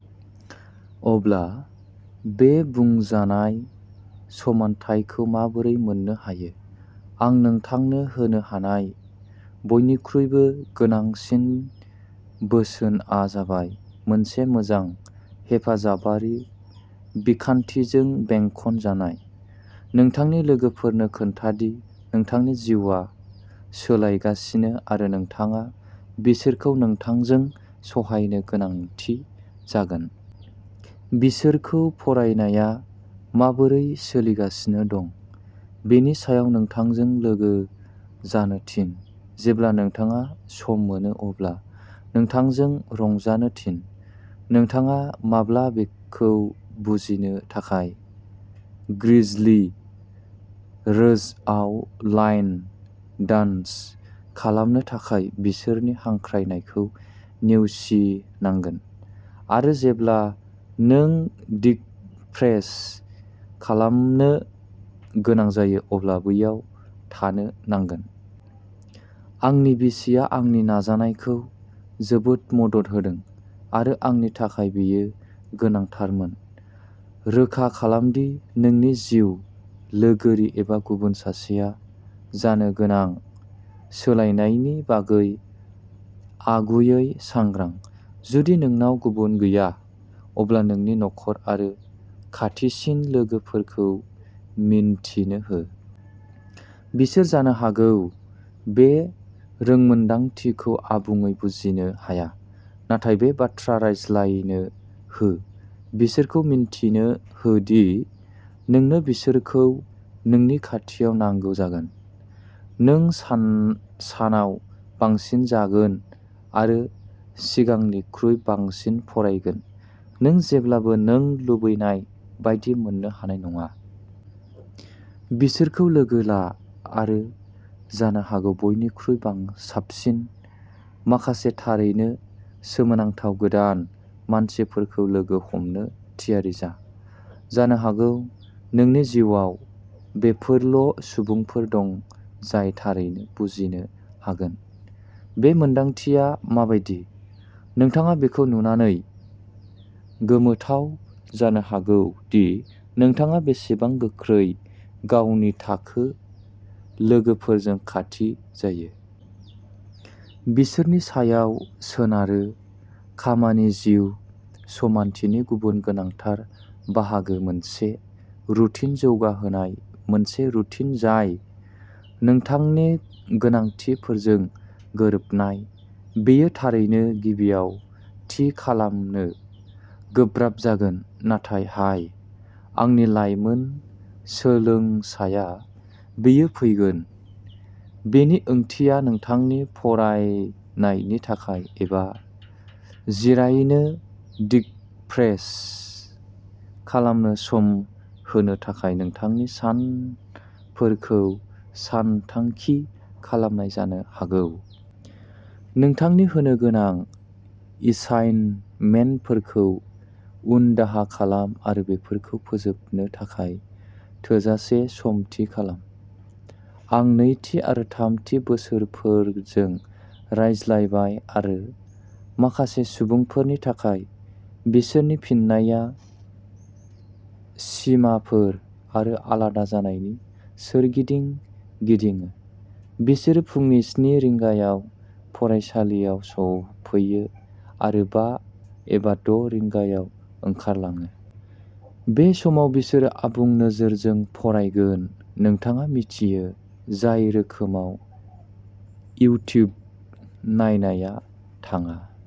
अब्ला, बे बुंजानाय समानथायखौ माबोरै मोन्नो हायो? आं नोंथांनो होनो हानाय बयनिख्रुइबो गोनांसिन बोसोनआ जाबाय मोनसे मोजां हेफाजाबारि बिखान्थिजों बेंखनजानाय। नोंथांनि लोगोफोरनो खोन्था दि नोंथांनि जिउआ सोलायगासिनो आरो नोंथाङा बिसोरखौ नोंथांजों सहायनो गोनांथि जागोन। बिसोरखौ फरायनाया माबोरै सोलिगासिनो दं बेनि सायाव नोंथांजों लोगो जानो थिन, जेब्ला नोंथाङा सम मोनो अब्ला नोंथांजों रंजानो थिन, नोंथाङा माब्ला बेखौ बुजिनो थाखाय। ग्रिजलि रोजआव लाइन डान्स खालामनो थाखाय बिसोरनि हांख्रायनायखौ नेवसिनांगोन, आरो जेब्ला नों डिकम्प्रेस खालामनो गोनां जायो अब्ला बैयाव थानो नांगोन। आंनि बिसिया आंनि नाजानायखौ जोबोद मदद होदों, आरो आंनि थाखाय बेयो गोनांथारमोन। रोखा खालाम दि नोंनि जिउ लोगोरि एबा गुबुन सासेआ जानो गोनां सोलायनायनि बागै आगुयै सांग्रां। जुदि नोंनाव गुबुन गैया, अब्ला नोंनि नखर आरो खाथिसिन लोगोफोरखौ मिन्थिनो हो। बिसोर जानो हागौ बे रोंमोनदांथिखौ आबुङै बुजिनो हाया, नाथाय बे बाथ्रा रायज्लायनो हो बिसोरखौ मिन्थिनो हो दि नोंनो बिसोरखौ नोंनि खाथियाव नांगौ जागोन। नों सानाव बांसिन जागोन आरो सिगांनिख्रुइ बांसिन फरायगोन। नों जेब्लाबो नों लुबैनाय बायदि मोन्नो हानाय नङा। बिसोरखौ लोगो ला आरो जानो हागौ बयनिख्रुइ साबसिन, माखासे थारैनो सोमोनांथाव गोदान मानसिफोरखौ लोगो हमनो थियारि जा। जानो हागौ नोंनि जिउआव बेफोरल' सुबुंफोर दं जाय थारैनो बुजिनो हागोन। बे मोन्दांथिया माबायदि। नोंथाङा बेखौ नुनानै गोमोथाव जानो हागौ दि नोंथाङा बेसेबां गोख्रै गावनि थाखो लोगोफोरजों खाथि जायो। बिसोरनि सायाव सोनारो खामानि जिउ समानथिनि गुबुन गोनांथार बाहागो मोनसे रुटिन जौगाहोनाय मोनसे रुटिन जाय नोंथांनि गोनांथिफोरजों गोरोबनाय। बेयो, थारैनो, गिबियाव थि खालामनो गोब्राब जागोन। नाथाय हाय, आंनि लाइमोन सोलोंसाया, बेयो फैगोन। बेनि ओंथिया नोंथांनि फरायनायनि थाखाय एबा जिरायनो डिकम्प्रेस खालामनो सम होनो थाखाय नोंथांनि सानफोरखौ सानथांखि खालामनाय जानो हागौ। नोंथांनि होनोगोनां एसाइनमेन्टफोरखौ उनदाहा खालाम आरो बेफोरखौ फोजोबनो थाखाय थोजासे सम थि खालाम। आं नैथि आरो थामथि बोसोरफोरजों रायज्लायबाय आरो माखासे सुबुंफोरनि थाखाय बिसोरनि फिननाया सिमाफोर आरो आलादा जानायनि सोरगिदिं गिदिङो। बिसोरो फुंनि स्नि रिंगायाव फरायसालियाव सफैयो आरो बा एबा द' रिंगायाव ओंखारलाङो। बे समाव बिसोरो आबुं नोजोरजों फरायगोन। नोंथाङा मिथियो, जाय रोखोमाव इउटिउब नायनाया थाङा।